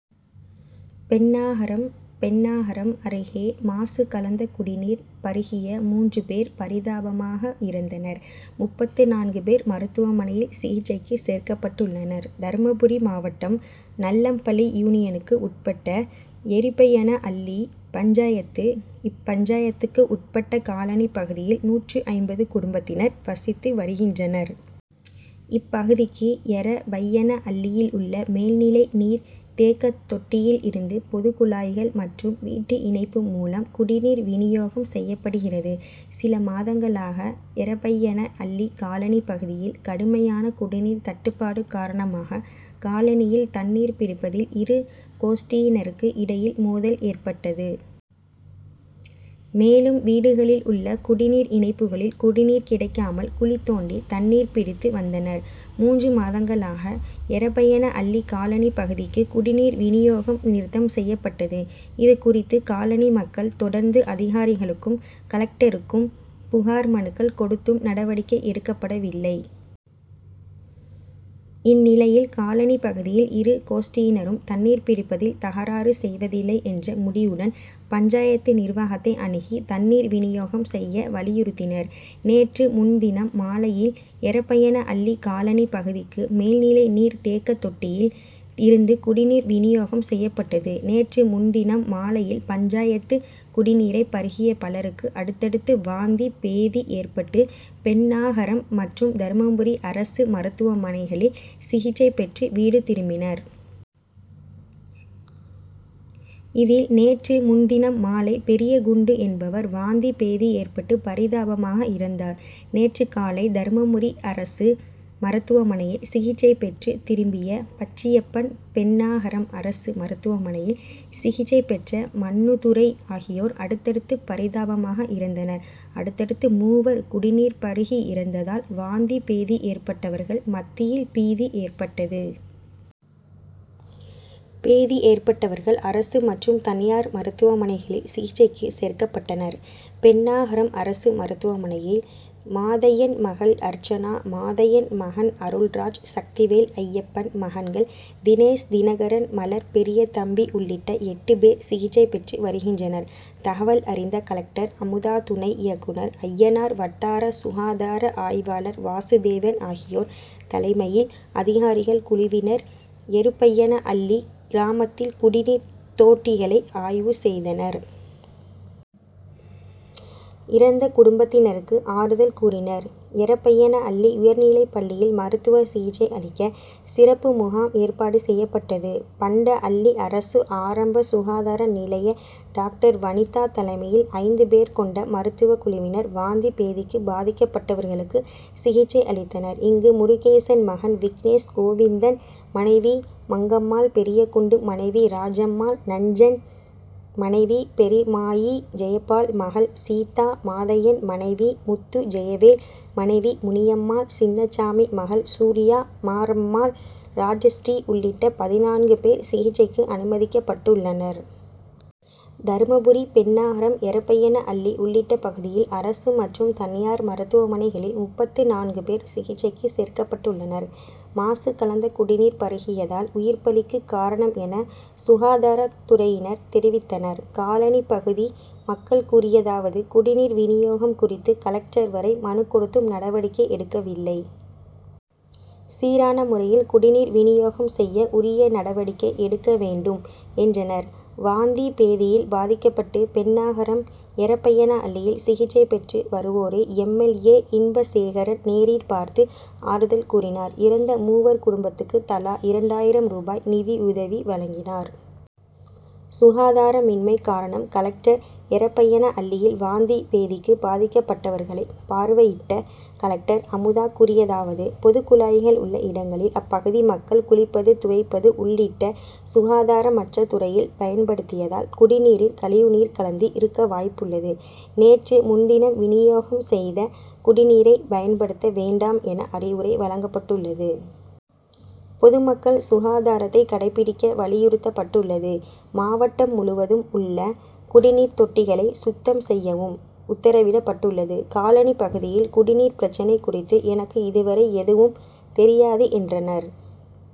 பென்னாகரம் பென்னாகரம் அருகே மாசு கலந்த குடிநீர் பருகிய மூன்று பேர் பரிதாபமாக இறந்தனர். முப்பத்து நான்கு பேர் மருத்துவமனையில் சிகிச்சைக்கு சேர்க்கப்பட்டுள்ளனர். தர்மபுரி மாவட்டம் நல்லம்பள்ளி யூனியனுக்கு உட்பட்ட எரபையனஅள்ளி பஞ்சாயத்து. இப்பஞ்சாயத்துக்கு உட்பட்ட காலனி பகுதியில் நூற்று ஐம்பது குடும்பத்தினர் வசித்து வருகின்றனர். இப்பகுதிக்கு எரபையனஅள்ளியில் உள்ள மேல்நிலை நீர் தேக்க தொட்டியில் இருந்து பொது குழாய்கள் மற்றும் வீட்டு இணைப்பு மூலம் குடிநீர் விநியோகம் செய்யப்படுகிறது. சில மாதங்களாக எரபையன அள்ளி காலனி பகுதியில் கடுமையான குடிநீர் தட்டுப்பாடு காரணமாக காலனியில் தண்ணீர் பிடிப்பதில் இரு கோஷ்டியினருக்கு இடையில் மோதல் ஏற்பட்டது. மேலும் வீடுகளில் உள்ள குடிநீர் இணைப்புகளில் குடிநீர் கிடைக்காமல் குழி தோண்டி தண்ணீர் பிடித்து வந்தனர். மூன்று மாதங்களாக எரபையனஅள்ளி காலனி பகுதிக்கு குடிநீர் விநியோகம் நிறுத்தம் செய்யப்பட்டது. இது குறித்து காலனி மக்கள் தொடர்ந்து அதிகாரிகளுக்கும் கலெக்டருக்கும் புகார் மனுக்கள் கொடுத்தும் நடவடிக்கை எடுக்கப்படவில்லை. இந்நிலையில் காலனி பகுதியில் இரு கோஷ்டியினரும் தண்ணீர் பிடிப்பதில் தகராறு செய்வதில்லை என்ற முடிவுடன் பஞ்சாயத்து நிர்வாகத்தை அணுகி தண்ணீர் விநியோகம் செய்ய வலியுறுத்தினர். நேற்று முன்தினம் மாலையில் எரபையனஅள்ளி காலனி பகுதிக்கு மேல்நிலை நீர் தேக்க தொட்டியில் இருந்து குடிநீர் விநியோகம் செய்யப்பட்டது. நேற்று முன்தினம் மாலையில் பஞ்சாயத்து குடிநீரை பருகிய பலருக்கு அடுத்தடுத்து வாந்தி பேதி ஏற்பட்டு பென்னாகரம் மற்றும் தர்மபுரி அரசு மருத்துவமனைகளில் சிகிச்சை பெற்று வீடு திரும்பினர். இதில் நேற்று முன்தினம் மாலை பெரியகுண்டு என்பவர் வாந்தி பேதி ஏற்பட்டு பரிதாபமாக இறந்தார். நேற்று காலை தர்மபுரி அரசு மருத்துவமனையில் சிகிச்சை பெற்று திரும்பிய பச்சியப்பன் பென்னாகரம் அரசு மருத்துவமனையில் சிகிச்சை பெற்ற மண்ணுதுரை ஆகியோர் அடுத்தடுத்து பரிதாபமாக இறந்தனர். அடுத்தடுத்து மூவர் குடிநீர் பருகி இறந்ததால் வாந்தி பேதி ஏற்பட்டவர்கள் மத்தியில் பீதி ஏற்பட்டது. பேதி ஏற்பட்டவர்கள் அரசு மற்றும் தனியார் மருத்துவமனைகளில் சிகிச்சைக்கு சேர்க்கப்பட்டனர். பென்னாகரம் அரசு மருத்துவமனையில் மாதையன் மகள் அர்ச்சனா மாதையன் மகன் அருள்ராஜ் சக்திவேல் அய்யப்பன் மகன்கள் தினேஷ் தினகரன் மலர் பெரியதம்பி உள்ளிட்ட எட்டு பேர் சிகிச்சை பெற்று வருகின்றனர். தகவல் அறிந்த கலெக்டர் அமுதா துணை இயக்குனர் அய்யனார் வட்டார சுகாதார ஆய்வாளர் வாசுதேவன் ஆகியோர் தலைமையில் அதிகாரிகள் குழுவினர் எருபையனஅள்ளி கிராமத்தில் குடிநீர் தோட்டிகளை ஆய்வு செய்தனர். இறந்த குடும்பத்தினருக்கு ஆறுதல் கூறினர். எரபையனஅள்ளி உயர்நிலைப்பள்ளியில் மருத்துவ சிகிச்சை அளிக்க சிறப்பு முகாம் ஏற்பாடு செய்யப்பட்டது. பண்டஅள்ளி அரசு ஆரம்ப சுகாதார நிலைய டாக்டர் வனிதா தலைமையில் ஐந்து பேர் கொண்ட மருத்துவ குழுவினர் வாந்தி பேதிக்கு பாதிக்கப்பட்டவர்களுக்கு சிகிச்சை அளித்தனர். இங்கு முருகேசன் மகன் விக்னேஷ் கோவிந்தன் மனைவி மங்கம்மாள் பெரியகுண்டு மனைவி ராஜம்மாள் நஞ்சன் மனைவி பெருமாயி ஜெயபால் மகள் சீதா மாதையன் மனைவி முத்து ஜெயவேல் மனைவி முனியம்மாள் சின்னசாமி மகள் சூர்யா மாரம்மாள் ராஜஸ்ரீ உள்ளிட்ட பதினான்கு பேர் சிகிச்சைக்கு அனுமதிக்கப்பட்டுள்ளனர். தர்மபுரி பென்னாகரம் எரபையனஅள்ளி உள்ளிட்ட பகுதியில் அரசு மற்றும் தனியார் மருத்துவமனைகளில் முப்பத்து நான்கு பேர் சிகிச்சைக்கு சேர்க்கப்பட்டுள்ளனர். மாசு கலந்த குடிநீர் பருகியதால் உயிர் பலிக்கு காரணம் என சுகாதாரத்துறையினர் தெரிவித்தனர். காலனி பகுதி மக்கள் கூறியதாவது குடிநீர் விநியோகம் குறித்து கலெக்டர் வரை மனு கொடுத்தும் நடவடிக்கை எடுக்கவில்லை. சீரான முறையில் குடிநீர் விநியோகம் செய்ய உரிய நடவடிக்கை எடுக்க வேண்டும் என்றனர். வாந்தி பேதியில் பாதிக்கப்பட்டு பென்னாகரம் எரபையனஅள்ளியில் சிகிச்சை பெற்று வருவோரை எம். எல். ஏ. இன்பசேகரன் நேரில் பார்த்து ஆறுதல் கூறினார். இறந்த மூவர் குடும்பத்துக்கு தலா இரண்டாயிரம் ரூபாய் நிதியுதவி வழங்கினார். சுகாதாரமின்மை காரணம் கலெக்டர் எரபையனஅள்ளியில் வாந்தி பேதிக்கு பாதிக்கப்பட்டவர்களை பார்வையிட்ட கலெக்டர் அமுதா கூறியதாவது பொதுக்குழாய்கள் உள்ள இடங்களில் அப்பகுதி மக்கள் குளிப்பது துவைப்பது உள்ளிட்ட சுகாதாரமற்ற முறையில் பயன்படுத்தியதால் குடிநீரில் கழிவு நீர் கலந்து இருக்க வாய்ப்புள்ளது. நேற்று முன்தினம் விநியோகம் செய்த குடிநீரை பயன்படுத்த வேண்டாம் என அறிவுரை வழங்கப்பட்டுள்ளது. பொதுமக்கள் சுகாதாரத்தை கடைப்பிடிக்க வலியுறுத்தப்பட்டுள்ளது. மாவட்டம் முழுவதும் உள்ள குடிநீர் தொட்டிகளை சுத்தம் செய்யவும் உத்தரவிடப்பட்டுள்ளது. காலனி பகுதியில் குடிநீர் பிரச்னை குறித்து எனக்கு இது வரை எதுவும் தெரியாது என்றார்.